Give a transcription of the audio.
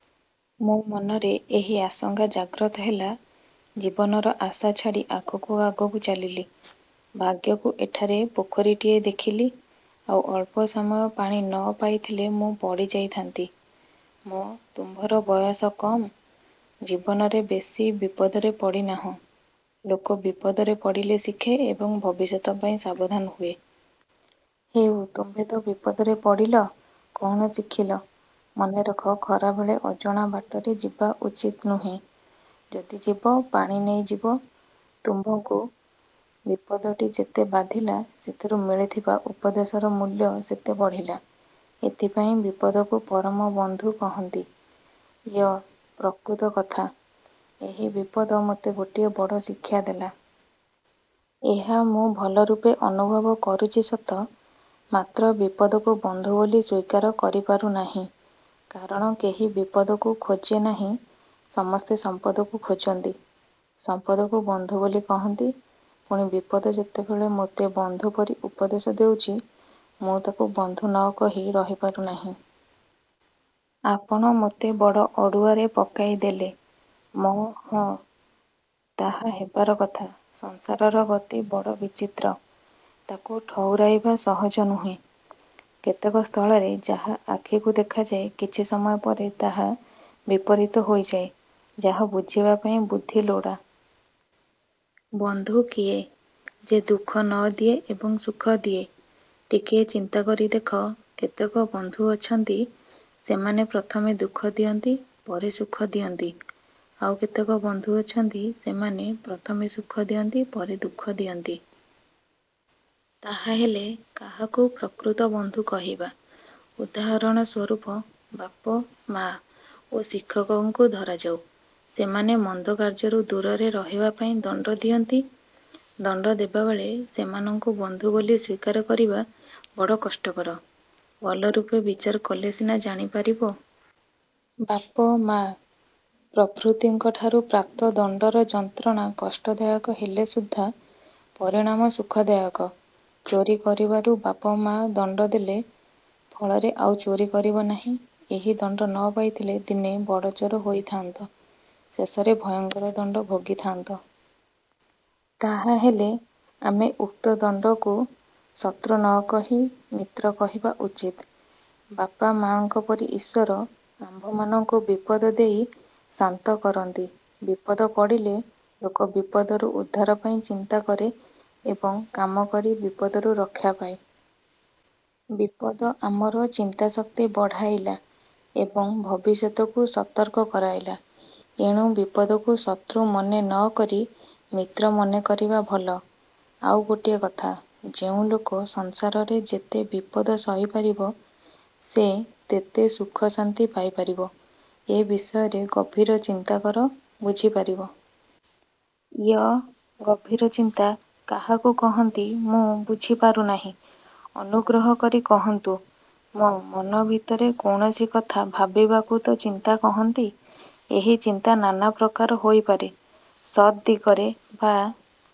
ମୋ ମନରେ ଏହି ଆଶଙ୍କା ଜାଗ୍ରତ ହେଲା। ଜୀବନର ଆଶା ଛାଡ଼ି ଆଗକୁ ଆଗକୁ ଚାଲିଲି। ଭାଗ୍ୟକୁ ଏଠାରେ ପୋଖରୀଟିଏ ଦେଖିଲି। ଆଉ ଅଳ୍ପ ସମୟ ପାଣି ନ ପାଇଥିଲେ ମୁଁ ପଡ଼ିଯାଇଥାନ୍ତି। ମ-ତୁମ୍ଭର ବୟସ କମ୍। ଜୀବନରେ ବେଶୀ ବିପଦରେ ପଡ଼ିନାହଁ। ଲୋକ ବିପଦରେ ପଡ଼ିଲେ ଶିଖେ ଏବଂ ଭବିଷ୍ୟତ ପାଇଁ ସାବଧାନ ହୁଏ। ହେଉ, ତୁମ୍ଭେ ତ ବିପଦରେ ପଡ଼ିଲ, କଅଣ ଶିଖିଲ? ମନେରଖ, ଖରାବେଳେ ଅଜଣା ବାଟରେ ଯିବା ଉଚିତ ନୁହେଁ। ଯଦି ଯିବ, ପାଣି ନେଇଯିବ। ତୁମ୍ଭଙ୍କୁ ବିପଦଟି ଯେତେ ବାଧିଲା, ସେଥିରୁ ମିଳିଥିବା ଉପଦେଶର ମୂଲ୍ୟ ସେତେ ବଢ଼ିଲା। ଏଥିପାଇଁ ବିପଦକୁ ପରମବନ୍ଧୁ କହନ୍ତି। ୟ-ପ୍ରକୃତ କଥା, ଏହି ବିପଦ ମୋତେ ଗୋଟିଏ ବଡ଼ ଶିକ୍ଷା ଦେଲା। ଏହା ମୁଁ ଭଲରୂପେ ଅନୁଭବ କରୁଛି ସତ, ମାତ୍ର ବିପଦକୁ ବନ୍ଧୁ ବୋଲି ସ୍ଵୀକାର କରିପାରୁନାହିଁ। କାରଣ କେହି ବିପଦକୁ ଖୋଜେ ନାହିଁ, ସମସ୍ତେ ସମ୍ପଦକୁ ଖୋଜନ୍ତି; ସମ୍ପଦକୁ ବନ୍ଧୁ ବୋଲି କହନ୍ତି। ପୁଣି ବିପଦ ଯେତେବେଳେ ମୋତେ ବନ୍ଧୁପରି ଉପଦଶେ ଦେଉଛି, ମୁଁ ତାକୁ ବନ୍ଧୁ ନ କହି ରହିପାରୁ ନାହିଁ-। ଆପଣ ମୋତେ ବଡ଼ ଅଡ଼ୁଆରେ ପକାଇଦେଲେ। ମ-ହଁ, ତାହା ହେବାର କଥା। ସଂସାରର ଗତି ବଡ଼ ବିଚିତ୍ର। ତାକୁ ଠଉରାଇବା ସହଜ ନୁହେଁ। କେତେକ ସ୍ଥଳରେ ଯାହା ଆଖିକୁ ଦେଖାଯାଏ, କିଛି ସମୟ ପରେ ତାହା ବିପରୀତ ହୋଇଯାଏ। ଏହା ବୁଝିବା ପାଇଁ ବୁଦ୍ଧି ଲୋଡ଼ା। ବନ୍ଧୁ କିଏ? ଯେ ଦୁଃଖ ନ ଦିଏ ଏବଂ ସୁଖ ଦିଏ-। ଟିକିଏ ଚିନ୍ତା କରି ଦେଖ। କେତେକ ବନ୍ଧୁ ଅଛନ୍ତି ସେମାନେ ପ୍ରଥମେ ଦୁଃଖ ଦିଅନ୍ତି ପରେ ସୁଖ ଦିଅନ୍ତି-। ଆଉ କେତେକ ବନ୍ଧୁ ଅଛନ୍ତି, ସେମାନେ ପ୍ରଥମେ ସୁଖ ଦିଅନ୍ତି ପରେ ଦୁଃଖ ଦିଅନ୍ତି। ତାହାହେଲେ କାହାକୁ ପ୍ରକୃତ ବନ୍ଧୁ କହିବା? ଉଦାହରଣ ସ୍ୱରୂପ ବାପ-ମା ଓ ଶିକ୍ଷକଙ୍କୁ ଧରାଯାଉ। ସେମାନେ ମନ୍ଦ କାର୍ଯ୍ୟରୁ ଦୂରରେ ରହିବା ପାଇଁ ଦଣ୍ଡ ଦିଅନ୍ତି। ଦଣ୍ଡ ଦେବାବେଳେ ସେମାନଙ୍କୁ ବନ୍ଧୁ ବୋଲି ସ୍ଵୀକାର କରିବା ବଡ଼ କଷ୍ଟକର। ଭଲରୂପେ ବିଚାର କଲେ ସିନା ଜାଣି ପାରିବ। ବାପ-ମା ପ୍ରଭୃତିଙ୍କ ଠାରୁ ପ୍ରାପ୍ତ ଦଣ୍ଡର ଯନ୍ତ୍ରଣା କଷ୍ଟ ଦାୟକ ହେଲେ ସୁଦ୍ଧା ପରିଣାମ ସୁଖ ଦାୟକ। ଚୋରି କରିବାରୁ ବାପ ମା ଦଣ୍ଡ ଦେଲେ ଫଳରେ ଆଉ ଚୋରି କରିବ ନାହିଁ। ଏହି ଦଣ୍ଡ ନ ପାଇଥିଲେ ଦିନେ ବଡ଼ଚୋର ହୋଇଥାନ୍ତ। ଶେଷରେ ଭୟଙ୍କର ଦଣ୍ଡ ଭୋଗିଥାନ୍ତ। ତାହାହେଲେ ଆମେ ଉକ୍ତ ଦଣ୍ଡକୁ ଶତ୍ରୁ ନ କହି ମିତ୍ର କହିବା ଉଚିତ। ବାପା ମା'ଙ୍କ ପରି ଈଶ୍ଵର ଆମ୍ଭମାନଙ୍କୁ ବିପଦ ଦେଇ ଶାନ୍ତ କରନ୍ତି। ବିପଦ ପଡ଼ିଲେ ଲୋକ ବିପଦରୁ ଉଦ୍ଧାର ପାଇଁ ଚିନ୍ତା କରେ ଏବଂ କାମ କରି ବିପଦରୁ ରକ୍ଷା ପାଏ। ବିପଦ ଆମର ଚିନ୍ତାଶକ୍ତି ବଢ଼ାଇଲା ଏବଂ ଭବିଷ୍ୟତକୁ ସତର୍କ କରାଇଲା। ଏଣୁ ବିପଦକୁ ଶତ୍ରୁ ମନେ ନ କରି ମିତ୍ର ମନେ କରିବା ଭଲ। ଆଉ ଗୋଟିଏ କଥା, ଯେଉଁ ଲୋକ ସଂସାରରେ ଯେତେ ବିପଦ ସହିପାରିବ ସେ ତେତେ ସୁଖ ଶାନ୍ତି ପାଇପାରିବ। ଏ ବିଷୟରେ ଗଭୀର ଚିନ୍ତା କର, ବୁଝି ପାରିବ-। ୟ-ଗଭୀରଚିନ୍ତା କାହାକୁ କହନ୍ତି, ମୁଁ ବୁଝିପାରୁନାହିଁ; ଅନୁଗ୍ରହ କରି କହନ୍ତୁ। ମ-ମନ ଭିତରେ କୌଣସି କଥା ଭାବିବାକୁ ତ ଚିନ୍ତା କହନ୍ତି? ଏହି ଚିନ୍ତା ନାନାପ୍ରକାର ହୋଇପାରେ, ସତ୍ ଦିଗରେ ବା